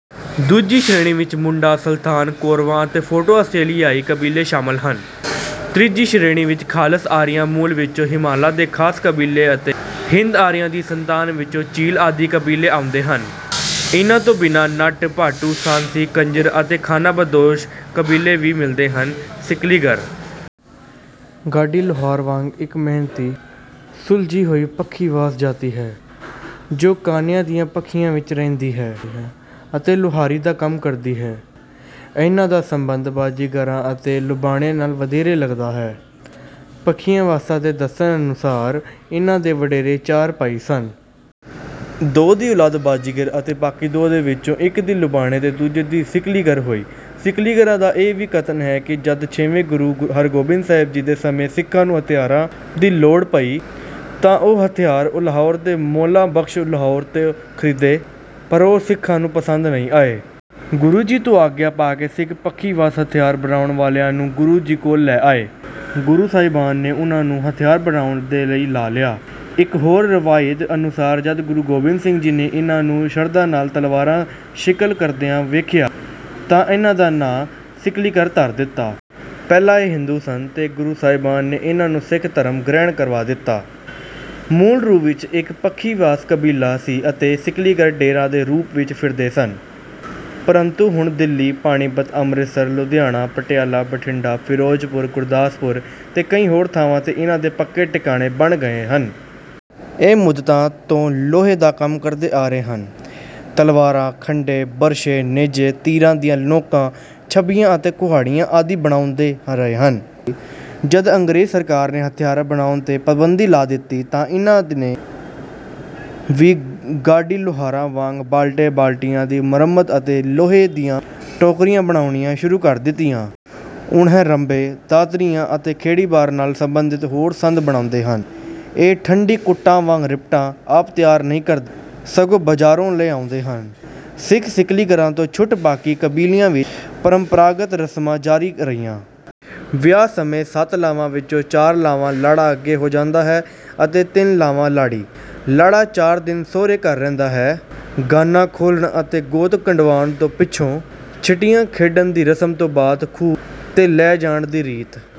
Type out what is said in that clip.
ਦੂਜੀ ਸ਼੍ਰੇਣੀ ਵਿੱਚ ਮੁੰਡਾ, ਸੰਥਾਲ, ਕੋਰਵਾ ਅਤੇ ਪ੍ਰੋਟੋ-ਆਸਟ੍ਰੇਲੀਆਈ ਕਬੀਲੇ ਸ਼ਾਮਲ ਹਨ। ਤੀਜੀ ਸ਼੍ਰੇਣੀ ਵਿੱਚ ਖ਼ਾਲਸ ਆਰੀਆ ਮੂਲ ਵਿੱਚੋਂ ਹਿਮਾਲਾ ਦੇ ਖਾਸ ਕਬੀਲੇ ਅਤੇ ਹਿੰਦ-ਆਰੀਆਂ ਦੀ ਸੰਤਾਨ ਵਿੱਚੋਂ ਝੀਲ ਆਦਿ ਕਬੀਲੇ ਆਉਂਦੇ ਹਨ। ਇਨ੍ਹਾਂ ਤੋਂ ਬਿਨਾਂ ਨਟ, ਭਾਟੂ, ਸਾਂਸੀ, ਕੰਜਰ ਆਦਿ ਖ਼ਾਨਾਬਦੋਸ਼ ਕਬੀਲੇ ਵੀ ਮਿਲਦੇ ਹਨ। ਸਿਕਲੀਗਰ ਗਾਡੀ-ਲੋਹਾਰ ਵਾਂਗ ਇੱਕ ਮਿਹਨਤੀ, ਸੁਲਝੀ ਹੋਈ ਪੱਖੀਵਾਸ ਜਾਤੀ ਹੈ, ਜੋ ਕਾਨਿਆਂ ਦੀਆਂ ਪੱਖੀਆਂ ਵਿੱਚ ਰਹਿੰਦੀ ਹੈ ਅਤੇ ਲੋਹਾਰੀ ਦਾ ਕੰਮ ਕਰਦੀ ਹੈ। ਇਨ੍ਹਾਂ ਦਾ ਸੰਬੰਧ ਬਾਜ਼ੀਗਰਾਂ ਅਤੇ ਲੁਬਾਣਿਆਂ ਨਾਲ ਵਧੇਰੇ ਲੱਗਦਾ ਹੈ। ਪੱਖੀਵਾਸਾਂ ਦੇ ਦੱਸਣ ਅਨੁਸਾਰ ਇਨ੍ਹਾਂ ਦੇ ਵਡੇਰੇ ਚਾਰ ਭਾਈ ਸਨ। ਦੋ ਦੀ ਔਲਾਦ ਬਾਜ਼ੀਗਰ ਅਤੇ ਬਾਕੀ ਦੋ ਵਿੱਚੋਂ ਇੱਕ ਦੀ ਲੁਬਾਣੇ ਤੇ ਦੂਜੇ ਦੀ ਸਿਕਲੀਗਰ ਹੋਈ। ਸਿਕਲੀਗਰਾਂ ਦਾ ਇਹ ਵੀ ਕਥਨ ਹੈ ਕਿ ਜਦ ਛੇਵੇਂ ਗੁਰੂ ਹਰਗੋਬਿੰਦ ਸਾਹਿਬ ਜੀ ਦੇ ਸਮੇਂ ਸਿੱਖਾਂ ਨੂੰ ਹਥਿਆਰਾਂ ਦੀ ਲੋੜ ਪਈ, ਤਾਂ ਉਨ੍ਹਾਂ ਹਥਿਆਰ ਲਾਹੌਰ ਦੇ ਮੌਲਾ ਬਖਸ਼ ਲੋਹਾਰ ਤੋਂ ਖਰੀਦੇ, ਪਰ ਉਹ ਸਿੱਖਾਂ ਨੂੰ ਪਸੰਦ ਨਾ ਆਏ। ਗੁਰੂ ਜੀ ਤੋਂ ਆਗਿਆ ਪਾ ਕੇ ਸਿੱਖ ਪੱਖੀਵਾਸ ਹਥਿਆਰ ਬਣਾਉਣ ਵਾਲਿਆਂ ਨੂੰ ਗੁਰੂ ਜੀ ਕੋਲ ਲੈ ਆਏ। ਗੁਰੂ ਸਾਹਿਬਾਨ ਨੇ ਉਨ੍ਹਾਂ ਨੂੰ ਹਥਿਆਰ ਬਣਾਉਣ 'ਤੇ ਲਾ ਲਿਆ। ਇੱਕ ਹੋਰ ਰਵਾਇਤ ਅਨੁਸਾਰ ਜਦ ਗੁਰੂ ਗੋਬਿੰਦ ਸਿੰਘ ਜੀ ਨੇ ਇਨ੍ਹਾਂ ਨੂੰ ਸ਼ਰਧਾ ਨਾਲ ਤਲਵਾਰਾਂ ਸਿਕਲ ਕਰਦਿਆਂ ਵੇਖਿਆ, ਤਾਂ ਇਨ੍ਹਾਂ ਦਾ ਨਾਂ ਸਿਕਲੀਗਰ ਧਰ ਦਿੱਤਾ। ਪਹਿਲਾਂ ਇਹ ਹਿੰਦੂ ਸਨ, ਤੇ ਗੁਰੂ ਸਾਹਿਬਾਨ ਨੇ ਇਨ੍ਹਾਂ ਨੂੰ ਸਿੱਖ ਧਰਮ ਗ੍ਰਹਿਣ ਕਰਵਾ ਦਿੱਤਾ। ਮੂਲ ਰੂਪ ਵਿੱਚ ਇਹ ਇੱਕ ਪੱਖੀਵਾਸ ਕਬੀਲਾ ਸੀ ਅਤੇ ਸਿਕਲੀਗਰ ਡੇਰਿਆਂ ਦੇ ਰੂਪ ਵਿੱਚ ਫਿਰਦੇ ਸਨ। ਪਰੰਤੂ ਹੁਣ ਦਿੱਲੀ, ਪਾਣੀਪਤ, ਅੰਮ੍ਰਿਤਸਰ, ਲੁਧਿਆਣਾ, ਪਟਿਆਲਾ, ਬਠਿੰਡਾ, ਫਿਰੋਜ਼ਪੁਰ, ਗੁਰਦਾਸਪੁਰ ਤੇ ਕਈ ਹੋਰ ਥਾਵਾਂ 'ਤੇ ਇਨ੍ਹਾਂ ਦੇ ਪੱਕੇ ਟਿਕਾਣੇ ਬਣ ਗਏ ਹਨ। ਇਹ ਮੁੱਦਤਾਂ ਤੋਂ ਲੋਹੇ ਦਾ ਕੰਮ ਕਰਦੇ ਆ ਰਹੇ ਹਨ। ਤਲਵਾਰਾਂ, ਖੰਡੇ, ਬਰਛੇ, ਨੇਜੇ, ਤੀਰਾਂ ਦੀਆਂ ਨੋਕਾਂ, ਛਬੀਆਂ ਅਤੇ ਕੁਹਾੜੀਆਂ ਆਦਿ ਬਣਾਉਂਦੇ ਰਹੇ ਹਨ। ਜਦ ਅੰਗਰੇਜ਼ ਸਰਕਾਰ ਨੇ ਹਥਿਆਰ ਬਣਾਉਣ 'ਤੇ ਪਾਬੰਦੀ ਲਾ ਦਿੱਤੀ, ਤਾਂ ਇਨ੍ਹਾਂ ਨੇ ਵੀ ਗਾਡੀ-ਲੋਹਾਰਾਂ ਵਾਂਗ ਬਾਲਟੇ-ਬਾਲਟੀਆਂ ਦੀ ਮੁਰੰਮਤ ਅਤੇ ਲੋਹੇ ਦੀਆਂ ਟੋਕਰੀਆਂ ਬਣਾਉਣੀਆਂ ਸ਼ੁਰੂ ਕਰ ਦਿੱਤੀਆਂ। ਹੁਣ ਇਹ ਰੰਬੇ, ਦਾਤਰੀਆਂ ਤੇ ਖੇਤੀਬਾੜੀ ਨਾਲ ਸੰਬੰਧਿਤ ਹੋਰ ਸੰਦ ਬਣਾਉਂਦੇ ਹਨ। ਇਹ ਠੰਢੀ ਕੁੱਟਾਂ ਵਾਂਗ ਰਿਪਟਾਂ ਆਪ ਤਿਆਰ ਨਹੀਂ ਕਰਦੇ, ਸਗੋਂ ਬਾਜ਼ਾਰੋਂ ਲੈ ਆਉਂਦੇ ਹਨ। ਸਿੱਖ ਸਿਕਲੀਗਰਾਂ ਤੋਂ ਛੁੱਟ ਬਾਕੀ ਕਬੀਲਿਆਂ ਵਿੱਚ ਪਰੰਪਰਾਗਤ ਰਸਮਾਂ ਜਾਰੀ ਰਹੀਆਂ। ਵਿਆਹ ਸਮੇਂ ਸੱਤ ਲਾਵਾਂ ਵਿੱਚੋਂ ਚਾਰ ਲਾਵਾਂ ਲਾੜਾ ਅੱਗੇ ਹੋ ਜਾਂਦਾ ਹੈ ਅਤੇ ਤਿੰਨ ਲਾਵਾਂ ਲਾੜੀ। ਲਾੜਾ ਚਾਰ ਦਿਨ ਸਹੁਰੇ ਘਰ ਰਹਿੰਦਾ ਹੈ। ਗਾਨਾ ਖੋਲ੍ਹਣ ਅਤੇ ਗੋਤ ਕਢਵਾਉਣ ਤੋਂ ਪਿੱਛੋਂ ਛਿੱਟੀਆਂ ਖੇਡਣ ਦੀ ਰਸਮ ਤੋਂ ਬਾਅਦ ਖੂਹ 'ਤੇ ਲੈ ਜਾਣ ਦੀ ਰੀਤ